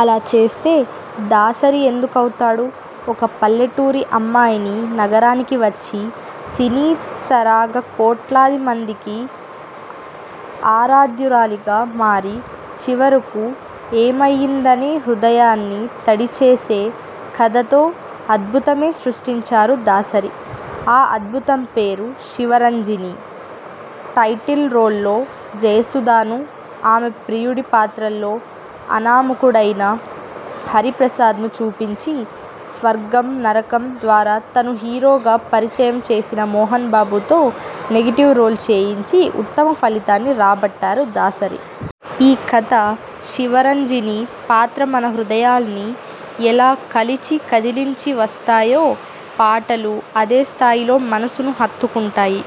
అలా చేస్తే దాసరి ఎందుకవుతాడు! ఒక పల్లెటూరి అమ్మాయి నగరానికి వచ్చి, సినీ తారగా కోట్లాదిమందికి ఆరాధ్యురాలిగా మారి, చివరకు ఏమయ్యిందనే హృదయాన్ని తడిచేసే కథతో అద్భుతమే సృష్టించారు దాసరి. ఆ అద్భుతం పేరు 'శివరంజని'. టైటిల్ రోల్లో జయసుధను, ఆమె ప్రియుడి పాత్రలో అనామకుడైన హరిప్రసాద్ను చూపించి, 'స్వర్గం నరకం' ద్వారా తను హీరోగా పరిచయం చేసిన మోహనబాబుతో నెగటివ్ రోల్ చేయించి ఉత్తమ ఫలితాన్ని రాబట్టారు దాసరి. ఈ కథ, శివరంజని పాత్ర మన హృదయాల్ని ఎలా కలచి, కదిలించి వేస్తాయో, పాటలూ అదే స్థాయిలో మనసును హత్తుకుంటాయి.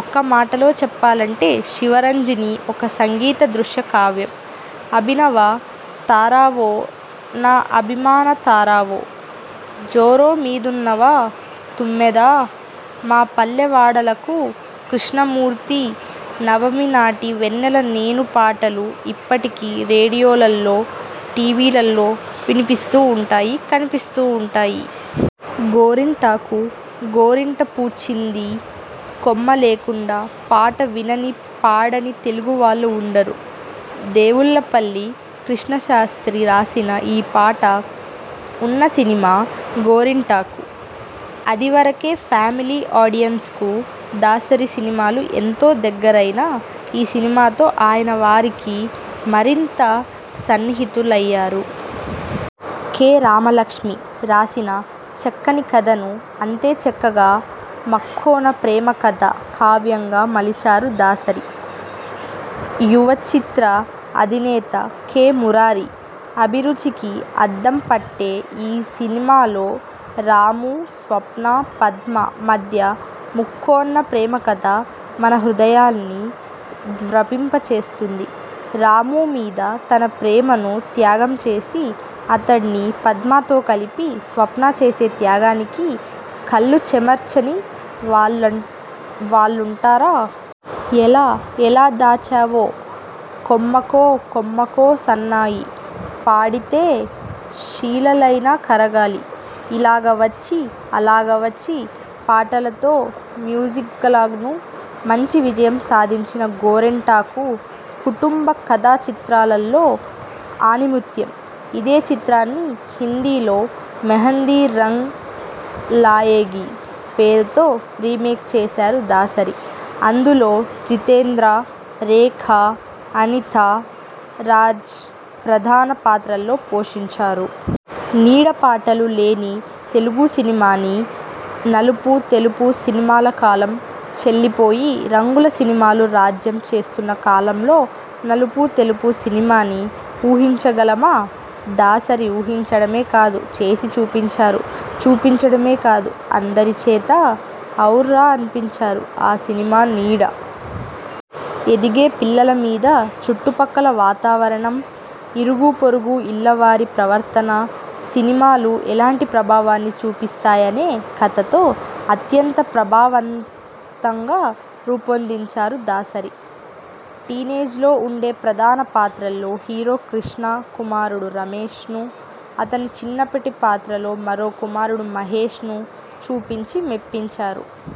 ఒక్క మాటలో చెప్పాలంటే 'శివరంజని' ఒక సంగీత దృశ్య కావ్యం. 'అభినవ తారవో నా అభిమాన తారవో', 'జోరు మీదున్నావా తుమ్మెదా', 'మా పల్లె వాడలకు కృష్ణమూర్తీ', 'నవమి నాటి వెన్నెల నేను' పాటలు ఇప్పటికీ రేడియోల్లో, టీవీల్లో వినిపిస్తుంటాయి, కనిపిస్తుంటాయి. గోరింటాకు 'గోరింట పూచింది కొమ్మా లేకుండా ' పాట వినని, పాడని తెలుగువాళ్లు ఉండరు. దేవులపల్లి కృష్ణశాస్త్రీ రాసిన ఈ పాట ఉన్న సినిమా 'గోరింటాకు'. అదివరకే ఫ్యామిలీ ఆడియెన్స్ కు దాసరి సినిమాలు ఎంత దగ్గరైనా, ఈ సినిమాతో ఆయన వారికి మరింత సన్నిహితమయ్యారు. కె. రామలక్ష్మి రాసిన చక్కని కథను, అంతే చక్కగా ముక్కోణ ప్రేమకథా కావ్యంగా మలిచారు దాసరి. యువచిత్ర అధినేత కె. మురారి అభిరుచికి అద్దంపట్టే ఈ సినిమాలో రాము, స్వప్న, పద్మ మధ్య ముక్కోణ ప్రేమకథ మన హృదయాల్ని ద్రవింపచేస్తుంది. రాముమీద తన ప్రేమను త్యాగం చేసి, అతడిని పద్మతో కలిపి, స్వప్న చేసే త్యాగానికి కళ్లు చెమర్చని వాళ్లుంటారా! 'ఎలా ఎలా దాచావో', 'కొమ్మకో కొమ్మకో సన్నాయి', 'పాడితే శిలలైన కరగాలి', 'ఇలాగ వచ్చి అలాగ వచ్చి' పాటలతో మ్యూజికల్గానూ మంచి విజయం సాధించిన 'గోరింటాకు' కుటుంబ కథాచిత్రాల్లో ఆణిముత్యం. ఇదే చిత్రాన్ని హిందీలో 'మెహందీ రంగ్ లాయేగీ' పేరుతో రీమేక్ చేశారు దాసరి. అందులో జితేంద్ర, రేఖ, అనితా రాజ్ ప్రధాన పాత్రలు పోషించారు. నీడ పాటలు లేని తెలుగు సినిమాని, నలుపు తెలుపు సినిమాల కాలం చెల్లిపోయి రంగుల సినిమాలు రాజ్యం చేస్తున్న కాలంలో నలుపు తెలుపు సినిమాని ఊహించగలమా? దాసరి ఊహించడమే కాదు, చేసి చూపించారు. చూపించడమే కాదు అందరి చేతా 'ఔరా' అనిపించారు. ఆ సినిమా 'నీడ'. ఎదిగే పిల్లలమీద చుట్టుపక్కల వాతావరణం, ఇరుగుపొరుగు ఇళ్లవారి ప్రవర్తన, సినిమాలు ఎలాంటి ప్రభావాన్ని చూపిస్తాయనే కథతో, అత్యంత ప్రభావవంతంగా రూపొందించారు దాసరి. టీనేజ్లో ఉండే ప్రధాన పాత్రలో హీరో కృష్ణ కుమారుడు రమేశ్ ను, అతని చిన్నప్పటి పాత్రలో మరో కుమారుడు మహేశను చూపించి మెప్పించారు.